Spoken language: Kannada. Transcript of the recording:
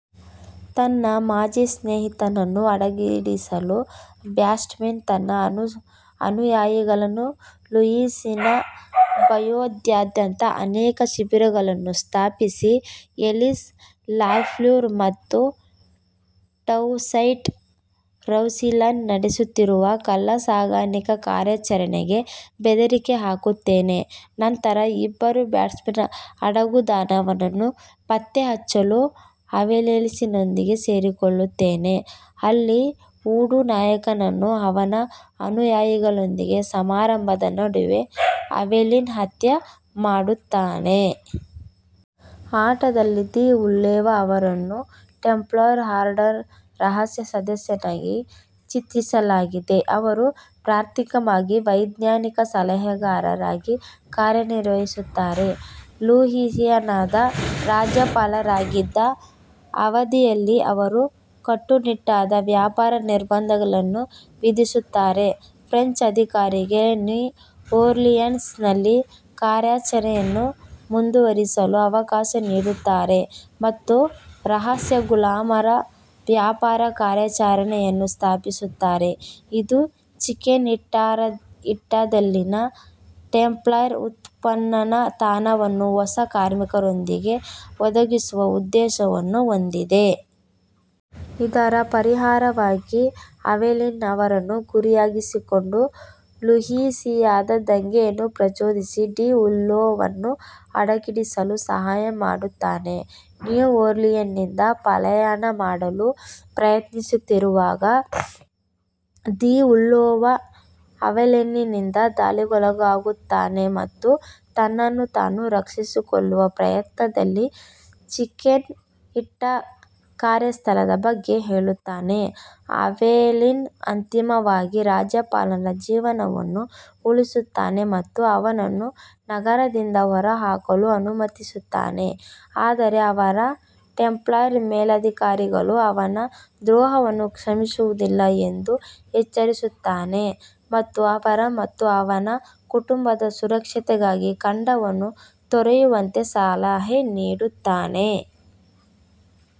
ತನ್ನ ಮಾಜಿ ಸ್ನೇಹಿತನನ್ನು ಅಡಗಿಸಿಡಲು, ಬ್ಯಾಪ್ಟಿಸ್ಟ್ ತನ್ನ ಅನುಯಾಯಿಗಳು ಲೂಯಿಸಿಯಾನ ಬಯೌದಾದ್ಯಂತ ಅನೇಕ ಶಿಬಿರಗಳನ್ನು ಸ್ಥಾಪಿಸಿ, ಎಲಿಸ್ ಲಾಫ್ಲೂರ್ ಮತ್ತು ಟೌಸೈಂಟ್ ರೌಸಿಲ್ಲನ್ ನಡೆಸುತ್ತಿರುವ ಕಳ್ಳಸಾಗಣೆ ಕಾರ್ಯಾಚರಣೆಗೆ ಬೆದರಿಕೆ ಹಾಕುತ್ತಾನೆ. ನಂತರ ಇಬ್ಬರೂ ಬ್ಯಾಪ್ಟಿಸ್ಟ್ನ ಅಡಗುದಾಣವನ್ನು ಪತ್ತೆಹಚ್ಚಲು ಅವೆಲೀನ್ನೊಂದಿಗೆ ಸೇರಿಕೊಳ್ಳುತ್ತಾರೆ, ಅಲ್ಲಿ ವೂಡೂ ನಾಯಕನನ್ನು ಅವನ ಅನುಯಾಯಿಗಳೊಂದಿಗೆ ಸಮಾರಂಭದ ನಡುವೆ ಅವೆಲೀನ್ ಹತ್ಯೆ ಮಾಡುತ್ತಾನೆ. ಆಟದಲ್ಲಿ, ಡಿ ಉಲ್ಲೋವಾ ಅವರನ್ನು ಟೆಂಪ್ಲರ್ ಆರ್ಡರ್ನ ರಹಸ್ಯ ಸದಸ್ಯನಾಗಿ ಚಿತ್ರಿಸಲಾಗಿದೆ, ಅವರು ಪ್ರಾಥಮಿಕವಾಗಿ ವೈಜ್ಞಾನಿಕ ಸಲಹೆಗಾರರಾಗಿ ಕಾರ್ಯನಿರ್ವಹಿಸುತ್ತಾರೆ. ಲೂಯಿಸಿಯಾನದ ರಾಜ್ಯಪಾಲರಾಗಿದ್ದ ಅವಧಿಯಲ್ಲಿ, ಅವರು ಕಟ್ಟುನಿಟ್ಟಾದ ವ್ಯಾಪಾರ ನಿರ್ಬಂಧಗಳನ್ನು ವಿಧಿಸುತ್ತಾರೆ, ಫ್ರೆಂಚ್ ಅಧಿಕಾರಿಗಳಿಗೆ ನ್ಯೂ ಓರ್ಲಿಯನ್ಸ್ನಲ್ಲಿ ಕಾರ್ಯಾಚರಣೆಯನ್ನು ಮುಂದುವರಿಸಲು ಅವಕಾಶ ನೀಡುತ್ತಾರೆ ಮತ್ತು ರಹಸ್ಯ ಗುಲಾಮರ-ವ್ಯಾಪಾರ ಕಾರ್ಯಾಚರಣೆಯನ್ನು ಸ್ಥಾಪಿಸುತ್ತಾರೆ, ಇದು ಚಿಚೆನ್ ಇಟ್ಜಾದಲ್ಲಿನ ಟೆಂಪ್ಲರ್ ಉತ್ಖನನ ತಾಣವನ್ನು ಹೊಸ ಕಾರ್ಮಿಕರೊಂದಿಗೆ ಒದಗಿಸುವ ಉದ್ದೇಶವನ್ನು ಹೊಂದಿದೆ. ಇದರ ಪರಿಣಾಮವಾಗಿ, ಅವೆಲೀನ್ ಅವನನ್ನು ಗುರಿಯಾಗಿಸಿಕೊಂಡು, ಲೂಯಿಸಿಯಾನ ದಂಗೆಯನ್ನು ಪ್ರಚೋದಿಸಿ ಡಿ ಉಲ್ಲೋವನ್ನು ಅಡಗಿಸಿಡಲು ಸಹಾಯ ಮಾಡುತ್ತಾನೆ. ನ್ಯೂ ಓರ್ಲಿಯನ್ಸ್ನಿಂದ ಪಲಾಯನ ಮಾಡಲು ಪ್ರಯತ್ನಿಸುತ್ತಿರುವಾಗ, ಡಿ ಉಲ್ಲೋವಾ ಅವೆಲೀನ್ನಿಂದ ದಾಳಿಗೊಳಗಾಗುತ್ತಾನೆ ಮತ್ತು ತನ್ನನ್ನು ತಾನು ರಕ್ಷಿಸಿಕೊಳ್ಳುವ ಪ್ರಯತ್ನದಲ್ಲಿ ಚಿಚೆನ್ ಇಟ್ಜಾ ಕಾರ್ಯಸ್ಥಳದ ಬಗ್ಗೆ ಹೇಳುತ್ತಾನೆ. ಅವೆಲಿನ್ ಅಂತಿಮವಾಗಿ ರಾಜ್ಯಪಾಲನ ಜೀವವನ್ನು ಉಳಿಸುತ್ತಾನೆ ಮತ್ತು ಅವನನ್ನು ನಗರದಿಂದ ಹೊರಹೋಗಲು ಅನುಮತಿಸುತ್ತಾನೆ, ಆದರೆ ಅವನ ಟೆಂಪ್ಲರ್ ಮೇಲಧಿಕಾರಿಗಳು ಅವನ ದ್ರೋಹವನ್ನು ಕ್ಷಮಿಸುವುದಿಲ್ಲ ಎಂದು ಎಚ್ಚರಿಸುತ್ತಾನೆ ಮತ್ತು ಅವನ ಮತ್ತು ಅವನ ಕುಟುಂಬದ ಸುರಕ್ಷತೆಗಾಗಿ ಖಂಡವನ್ನು ತೊರೆಯುವಂತೆ ಸಲಹೆ ನೀಡುತ್ತಾನೆ.